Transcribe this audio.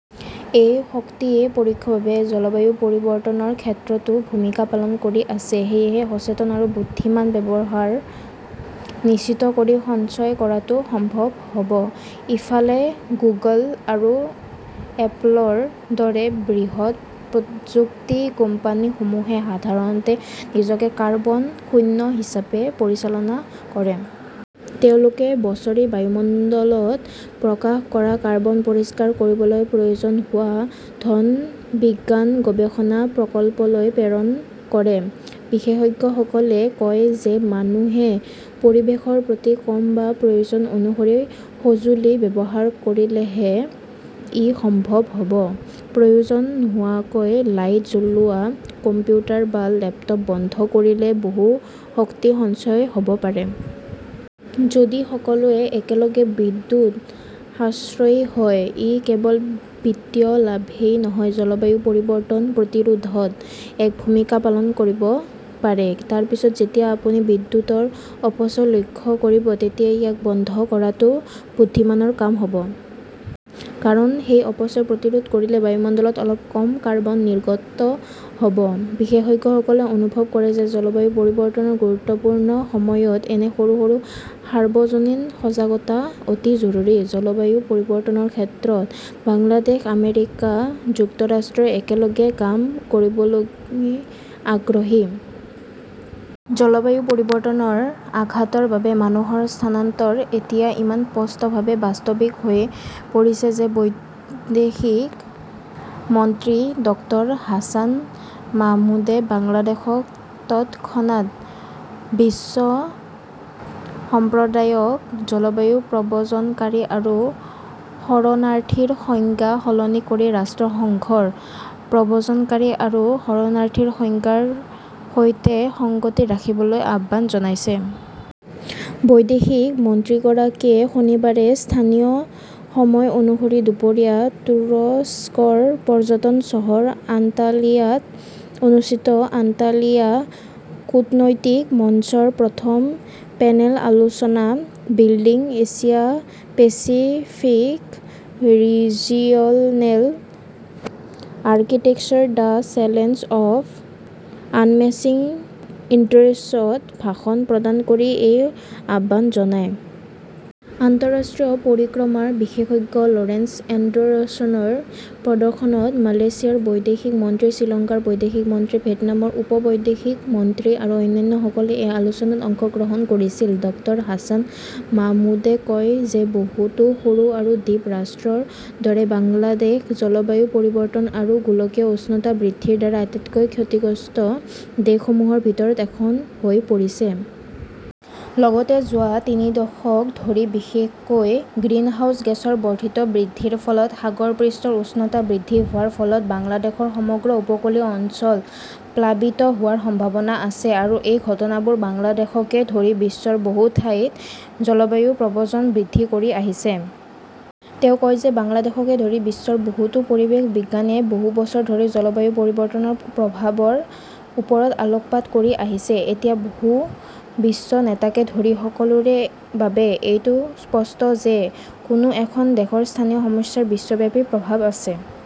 এই শক্তিয়ে পৰোক্ষভাৱে জলবায়ু পৰিৱৰ্তনৰ ক্ষেত্ৰতো ভূমিকা পালন কৰি আছে। সেয়েহে সচেতন আৰু বুদ্ধিমান ব্যৱহাৰ নিশ্চিত কৰি সঞ্চয় কৰাটো সম্ভৱ হ'ব। ইফালে, গুগল আৰু এপলৰ দৰে বৃহৎ প্ৰযুক্তি কোম্পানীসমূহে সাধাৰণতে নিজকে কাৰ্বন শূন্য হিচাপে পৰিচালনা কৰে। তেওঁলোকে বছৰি বায়ুমণ্ডলত প্ৰকাশ কৰা কাৰ্বন পৰিষ্কাৰ কৰিবলৈ প্ৰয়োজন হোৱা ধন, বিজ্ঞান গৱেষণা প্ৰকল্পলৈ প্ৰেৰণ কৰে। বিশেষজ্ঞসকলে কয় যে, মানুহে পৰিৱেশৰ প্ৰতি কম বা প্ৰয়োজন অনুসৰি সঁজুলি ব্যৱহাৰ কৰিলেহে ই সম্ভৱ হ'ব। প্ৰয়োজন নোহোৱাকৈ লাইট জ্বলোৱা, কম্পিউটাৰ বা লেপটপ বন্ধ কৰিলে বহু শক্তি সঞ্চয় হ'ব পাৰে। যদি সকলোৱে একেলগে বিদ্যুৎ সাশ্ৰয়ী হয়, ই কেৱল বিত্তীয় লাভেই নহয়, জলবায়ু পৰিৱৰ্তন প্ৰতিৰোধত এক ভূমিকা পালন কৰিব পাৰে। তাৰ পিছত যেতিয়া আপুনি বিদ্যুৎৰ অপচয় লক্ষ্য কৰিব, তেতিয়া ইয়াক বন্ধ কৰাটো বুদ্ধিমানৰ কাম হ'ব। কাৰণ, সেই অপচয় প্ৰতিৰোধ কৰিলে বায়ুমণ্ডলত অলপ কম কাৰ্বন নিৰ্গত হ'ব। বিশেষজ্ঞসকলে অনুভৱ কৰে যে, জলবায়ু পৰিৱৰ্তনৰ গুৰুত্বপূৰ্ণ সময়ত এনে সৰু সৰু সাৰ্বজনীন সজাগতা অতি জৰুৰী। জলবায়ু পৰিৱৰ্তনৰ ক্ষেত্ৰত বাংলাদেশ, আমেৰিকা যুক্তৰাষ্ট্ৰই একেলগে কাম কৰিবলৈ আগ্ৰহী। জলবায়ু পৰিৱৰ্তনৰ আঘাতৰ বাবে মানুহৰ স্থানান্তৰ এতিয়া ইমান স্পষ্টভাৱে বাস্তৱিক হৈ পৰিছে যে বৈদেশিক মন্ত্ৰী ডক্তৰ হাছান মাহমুদে বাংলাদেশক তৎক্ষণাত বিশ্ব সম্প্ৰদায়ক জলবায়ু প্ৰব্ৰজনকাৰী আৰু শৰণাৰ্থীৰ সংজ্ঞা সলনি কৰি ৰাষ্ট্ৰসংঘৰ প্ৰব্ৰজনকাৰী আৰু শৰণাৰ্থীৰ সংজ্ঞাৰ সৈতে সংগতি ৰাখিবলৈ আহ্বান জনাইছে। বৈদেশিক মন্ত্ৰীগৰাকীয়ে শনিবাৰে স্থানীয় সময় অনুসৰি দুপৰীয়া তুৰস্কৰ পৰ্যটন চহৰ আন্তালিয়াত অনুষ্ঠিত আন্তালিয়া কূটনৈতিক মঞ্চৰ প্ৰথম পেনেল আলোচনা, 'building Asia Pacific regional architectures: the challenge of unmatching ইণ্টেৰেষ্টছ'ত ভাষণ প্ৰদান কৰি এই আহ্বান জনায়। আন্তঃৰাষ্ট্ৰীয় পৰিক্ৰমাৰ বিশেষজ্ঞ লৰেন্স এণ্ডাৰছনৰ প্ৰদৰ্শনত মালয়েছিয়াৰ বৈদেশিক মন্ত্ৰী, শ্ৰীলংকাৰ বৈদেশিক মন্ত্ৰী, ভিয়েটনামৰ উপ-বৈদেশিক মন্ত্ৰী আৰু অন্যান্যসকলে এই আলোচনাত অংশগ্ৰহণ কৰিছিল। ডক্তৰ হাছান মাহমুদে কয় যে, বহুতো সৰু আৰু দ্বীপ ৰাষ্ট্ৰৰ দৰে বাংলাদেশ জলবায়ু পৰিৱৰ্তন আৰু গোলকীয় উষ্ণতা বৃদ্ধিৰ দ্বাৰা আটাইতকৈ ক্ষতিগ্ৰস্ত দেশসমূহৰ ভিতৰত এখন হৈ পৰিছে। লগতে যোৱা তিনি দশক ধৰি বিশেষকৈ গ্ৰীণহাউছ গেছৰ বৰ্ধিত বৃদ্ধিৰ ফলত সাগৰপৃষ্ঠৰ উষ্ণতা বৃদ্ধি হোৱাৰ ফলত, বাংলাদেশৰ সমগ্ৰ উপকূলীয় অঞ্চল প্লাবিত হোৱাৰ সম্ভাৱনা আছে আৰু এই ঘটনাবোৰে বাংলাদেশকে ধৰি বিশ্বৰ বহু ঠাইত জলবায়ু প্ৰব্ৰজন বৃদ্ধি কৰি আহিছে। তেওঁ কয় যে বাংলাদেশকে ধৰি বিশ্বৰ বহুতো পৰিৱেশ বিজ্ঞানীয়ে বহু বছৰ ধৰি জলবায়ু পৰিৱৰ্তনৰ প্ৰভাৱৰ ওপৰত আলোকপাত কৰি আহিছে। এতিয়া বহু বিশ্ব নেতাকে ধৰি সকলোৰে বাবে এইটো স্পষ্ট যে, কোনো এখন দেশৰ স্থানীয় সমস্যাৰ বিশ্বব্যাপী প্ৰভাৱ আছে।